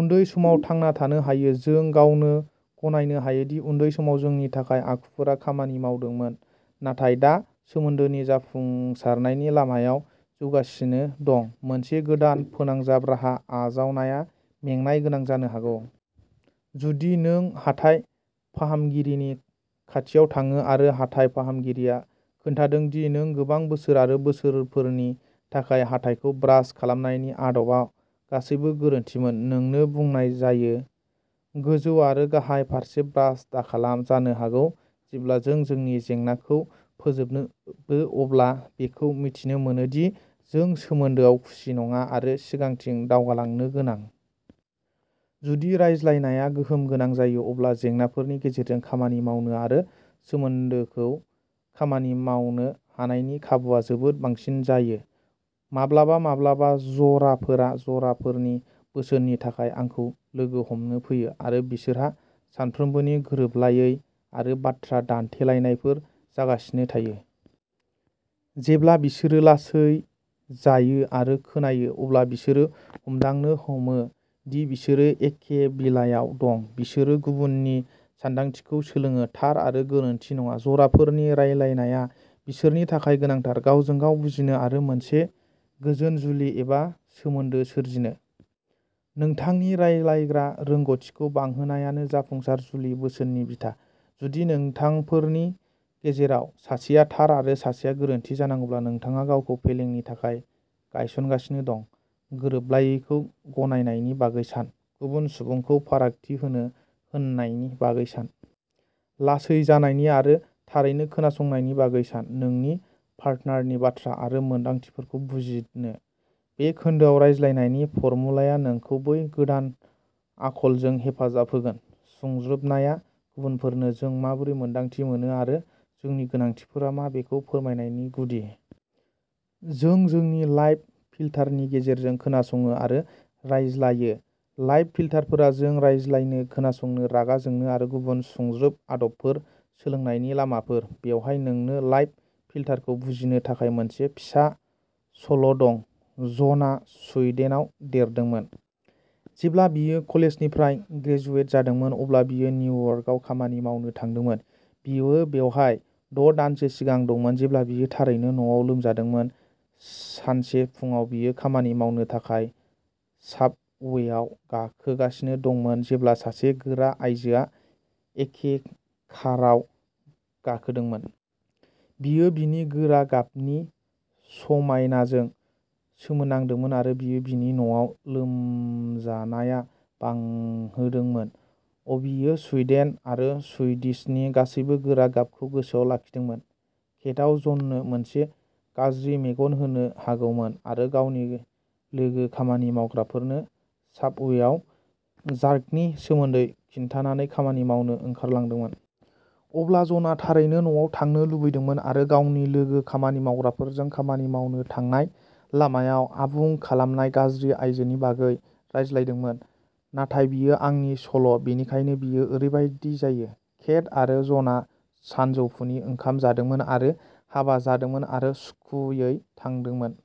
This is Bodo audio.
उन्दै समाव थांना थानो हायो। जों गावनो गनायनो हायो दि उन्दै समाव जोंनि थाखाय आखुफोरा खामानि मावदोंमोन नाथाय दा सोमोन्दोनि जाफुंसारनायनि लामायाव फैगासिनो दं। मोनसे गोदान फोनांजाब राहा आजावनाया मेंनाय गोनां जानो हागौ। जुदि नों हाथाइ फाहामगिरिनि खाथियाव थाङो आरो हाथाइ फाहामगिरिया खोन्थादों दि नों गोबां बोसोर आरो बोसोरफोरनि थाखाय हाथाइखौ ब्रास खालामनायनि आदबआ गासैबो गोरोन्थिमोन। नोंनो बुंनाय जायो गोजौ आरो गाहाय फारसे ब्रास दाखालाम जानो हागौ जेब्ला जों जोंनि जेंनाखौ फोजोबो अब्ला बेखौ मिथिनो मोनो दि जों सोमोन्दोआव खुसि नङा आरो सिगांथिं दावगालांनो गोनां। जुदि रायज्लायनाया गोहोम गोनां जायो, अब्ला जेंनाफोरनि गेजेरजों खामानि मावनो आरो सोमोन्दोखौ खामानि मावनो हानायनि खाबुआ जोबोद बांसिन जायो। माब्लाबा माब्लाबा जराफोरा जराफोरनि बोसोननि थाखाय आंखौ लोगो हमनो फैयो आरो बिसोरहा सानफ्रोमबोनि गोरोबलायै आरो बाथ्रा दान्थेलायनायफोर जागासिनो थायो। जेब्ला बिसोरो लासै जायो आरो खोनायो, अब्ला बिसोरो हमदांनो हमो दि बिसोरो एखे बिलायाव दं। बिसोरो गुबुन नि सानदांथिखौ सोलोङो, थार आरो गोरोन्थि नङा। जराफोरनि रायलायनाया बिसोरनि थाखाय गोनांथार, गावजों गाव बुजिनो आरो मोनसे गोजोन जुलि एबा सोमोन्दो सोरजिनो। नोंथांनि रायलायग्रा रोंग'थिखौ बांहोनायानो जाफुंसार जुलि बोसोननि बिथा। जुदि नोंथांफोरनि गेजेराव सासेया थार आरो सासेया गोरोन्थि जानांगौब्ला नोंथाङा गावखौ फेलेंनि थाखाय गायसनगासिनो दं। गोरोबलायैखौ गनायनायनि बागै सान। गुबुन सुबुंखौ फारागथि होनो होनायनि बागै सान। लासै जानायनि आरो थारैनो खोनासंनायनि बागै सान। नोंनि पार्टनारनि बाथ्रा आरो मोन्दांथिफोरखौ बुजिनो। बे खोन्दोआव रायज्लायनायनि फर्मुलाया नोंखौ बै गोदान आखलजों हेफाजाब होगोन। सुंज्रोबनाया गुबुनफोरनो जों माबोरै मोन्दांथि मोनो आरो जोंनि गोनांथिफोरा मा बेखौ फोरमायनायनि गुदि। जों जोंनि लाइफ फिल्टार नि गेजेरजों खोनासङो आरो रायज्लायो। लाइफ फिल्टारफोरा जों रायज्लायनो, खोनासंनो, रागा जोंनो आरो गुबुन सुंज्रोब आदबफोर सोलोंनायनि लामाफोर। बेवहाय नोंनो लाइफ फिल्टार खौ बुजिनो थाखाय मोनसे फिसा सल'दं। जनआ सुइडेनाव देरदोंमोन। जेब्ला बियो कलेजनिफ्राय ग्रेजुवेट जादोंमोन, अब्ला बियो निउयार्कआव खामानि मावनो थांदोंमोन। बियो बेवहाय द'दानसो सिगां दंमोन जेब्ला बियो थारैनो न'आव लोमजादोंमोन। सानसे फुंआव बियो खामानि मावनो थाखाय साबवेआव गाखोगासिनो दंमोन जेब्ला सासे गोरा आयजोआ एखे काराव गाखोदोंमोन। बियो बिनि गोरा गाबनि समायनाजों सोमोनांदोंमोन आरो बेयो बिनि न'आव लोमजानाया बांहोदोंमोन। अ'बियो सुइडेन आरो सुइडिशनि गासैबो गोरा गाबखौ गोसोआव लाखिदोंमोन। केटआ जननो मोनसे गाज्रि मेगन होनो हागौमोन आरो गावनि लोगो खामानि मावग्राफोरनो साबवेआव जार्क नि सोमोन्दै खिन्थानानै खामानि मावनो ओंखारलांदोंमोन। अब्ला जनआ थारैनो न'आव थांनो लुबैदोंमोन आरो गावनि लोगो खामानि मावग्राफोरजों खामानि मावनो थांनाय लामायाव आबुं खालामनाय गाज्रि आइजोनि बागै रायज्लायदोंमोन। नाथाय बेयो आंनि सल' बेनिखायनो बेयो ओरैबायदि जायो। केट आरो जनआ सानजौफुनि ओंखाम जादोंमोन आरो हाबा जादोंमोन आरो सुखुयै थादोंमोन।